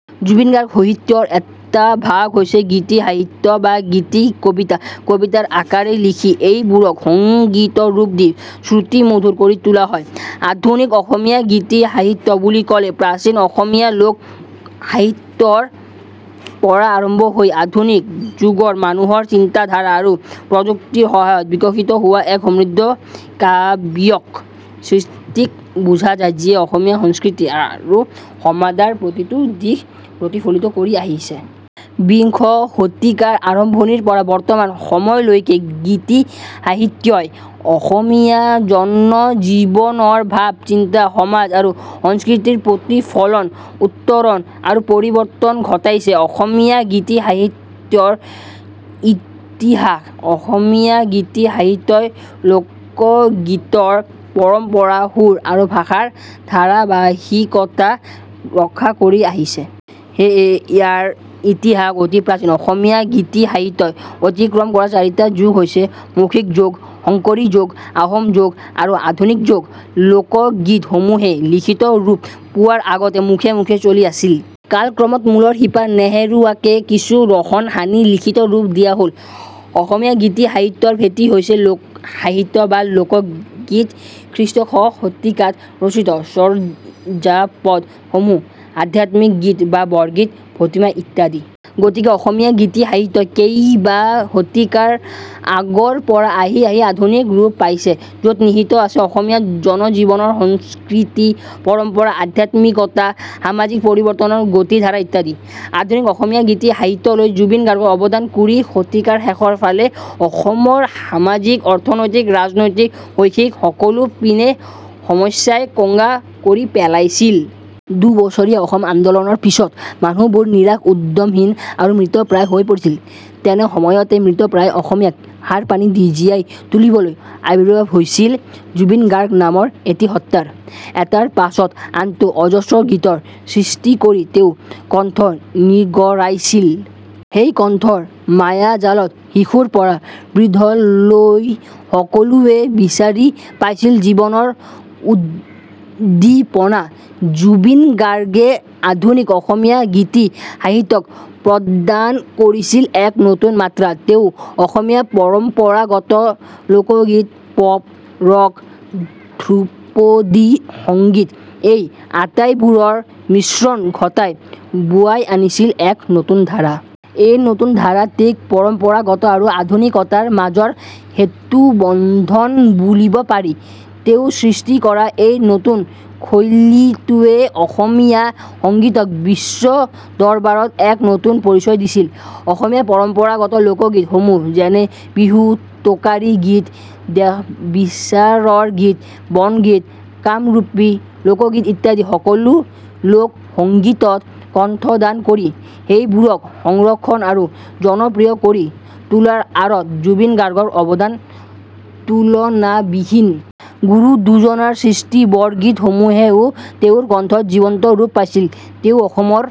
জুবিন গাৰ্গ সহিত্যৰ এটা ভাগ হৈছে গীতি সাহিত্য বা গীতি কবিতা। কবিতাৰ আকাৰে লিখি এইবোৰক সংগীতৰ ৰূপ দি শ্ৰুতিমধুৰ কৰি তোলা হয়। আধুনিক অসমীয়া গীতি-সাহিত্য বুলি ক'লে প্ৰাচীন অসমীয়া লোক সাহিত্যৰ পৰা আৰম্ভ হৈ আধুনিক যুগৰ মানুহৰ চিন্তাধাৰা আৰু প্ৰযুক্তিৰ সহায়ত বিকশিত হোৱা এক সমৃদ্ধ কাব্যিক সৃষ্টিক বুজা যায়, যিয়ে অসমীয়া সংস্কৃতি আৰু সমাদৰ প্ৰতিটো দিশ প্ৰতিফলিত কৰি আহিছে। বিংশ শতিকাৰ আৰম্ভণিৰ পৰা বৰ্তমান সময়লৈকে গীতি সাহিত্যই অসমীয়া জনজীৱনৰ ভাব, চিন্তা, সমাজ আৰু সংস্কৃতিৰ প্ৰতিফলন, উত্তৰণ আৰু পৰিবৰ্তন ঘটাইছে। / অসমীয়া গীতি সাহিত্যৰ ইতিহাস: অসমীয়া গীতি সাহিত্যই লোকগীতৰ পৰম্পৰা, সুৰ আৰু ভাষাৰ ধাৰাবাহিকতা ৰক্ষা কৰি আহিছে। সেয়ে ইয়াৰ ইতিহাস অতি প্ৰাচীন। অসমীয়া গীতি সাহিত্যই অতিক্ৰম কৰা চাৰিটা যুগ হৈছে- মৌখিক যুগ, শংকৰী যুগ, আহোম যুগ আৰু আধুনিক যুগ। লোক গীত সমূহে লিখিত ৰূপ পোৱাৰ আগতে মুখে মুখে চলি আছিল। কালক্ৰমত মূলৰ শিপা নেহেৰুৱাকে কিছু ৰহন সানি লিখিত ৰূপ দিয়া হল। অসমীয়া গীতি সাহিত্যৰ ভেঁটি হৈছে লোক সাহিত্য বা লোকগীত, খ্ৰীষ্টীয় - শ শতিকাত ৰচিত চৰ্যাপদ সমূহ, আধ্যাত্মিক গীত বা বৰগীত ভটিমা ইত্যাদি। গতিকে অসমীয়া গীতি সাহিত্যই কেইবা শতিকাৰ আগৰ পৰা আহি আহি আধুনিক ৰূপ পাইছে, যত নিহিত আছে অসমীয়া জনজীৱনৰ সংস্কৃতি, পৰম্পৰা, আধ্যাত্মিকতা, সামাজিক পৰিবৰ্তনৰ গতিধাৰা ইত্যাদি। / আধুনিক অসমীয়া গীতি সাহিত্যলৈ জুবিন গাৰ্গৰ অবদান: কুৰি শতিকাৰ শেষৰ ফালে অসমৰ সামাজিক, অৰ্থনৈতিক, ৰাজনৈতিক, শৈক্ষিক সকলো পিনে সমস্যাই কোঙা কৰি পেলাইছিল। দুবছৰীয়া অসম আন্দোলনৰ পিছত মানুহবোৰ নিৰাশ, উদ্যমহীন আৰু মৃতপ্ৰায় হৈ পৰিছিল। তেনে সময়তে মৃতপ্ৰায় অসমীয়াক সাৰ-পানী দি জীয়াই তুলিবলৈ আৱিৰ্ভাৱ হৈছিল ' জুবিন গাৰ্গ' নামৰ এটি সত্ত্বাৰ। এটাৰ পাছত আনটো, অজস্ৰ গীতৰ সৃষ্টি কৰি তেওঁ কণ্ঠ নিগৰাইছিল। সেই কণ্ঠৰ মায়াজালত শিশুৰ পৰা বৃদ্ধলৈ সকলোৱে বিচাৰি পাইছিল জীৱনৰ উদ্দীপনা। জুবিন গাৰ্গে আধুনিক অসমীয়া গীতি সাহিত্যক প্ৰদান কৰিছিল এক নতুন মাত্ৰা। তেওঁ অসমীয়া পৰস্পৰাগত লোকগীত, পপ, ৰক, ধ্ৰুপদী সংগীত, এই আটাইবোৰৰ মিশ্ৰণ ঘটাই বোৱাই আনিছিল এক নতুন ধাৰা। এই নতুন ধাৰাটিক পৰম্পৰাগত আৰু আধুনিকতাৰ মাজৰ সেতুবন্ধন বুলিব পাৰি। তেওঁ সৃষ্টি কৰা এই নতুন শৈলীটোৱে অসমীয়া সংগীতক বিশ্ব-দৰবাৰত এক নতুন পৰিচয় দিছিল। অসমীয়া পৰম্পৰাগত লোকগীত সমূহ যেনে- বিহু, টোকাৰী -গীত, দেহবিচাৰৰ গীত, বনগীত, কামৰূপী লোকগীত ইত্যাদি সকলো লোক সংগীতত্ কণ্ঠদান কৰি সেইবোৰক সংৰক্ষণ আৰু জনপ্ৰিয় কৰি তোলাৰ আঁৰত জুবিন গাৰ্গৰ অৱদান তুলনাবিহীন। গুৰু দুজনাৰ সৃষ্টি বৰগীতসমূহেও তেওঁৰ কণ্ঠত জীৱন্ত ৰূপ পাইছিল। তেওঁ অসমৰ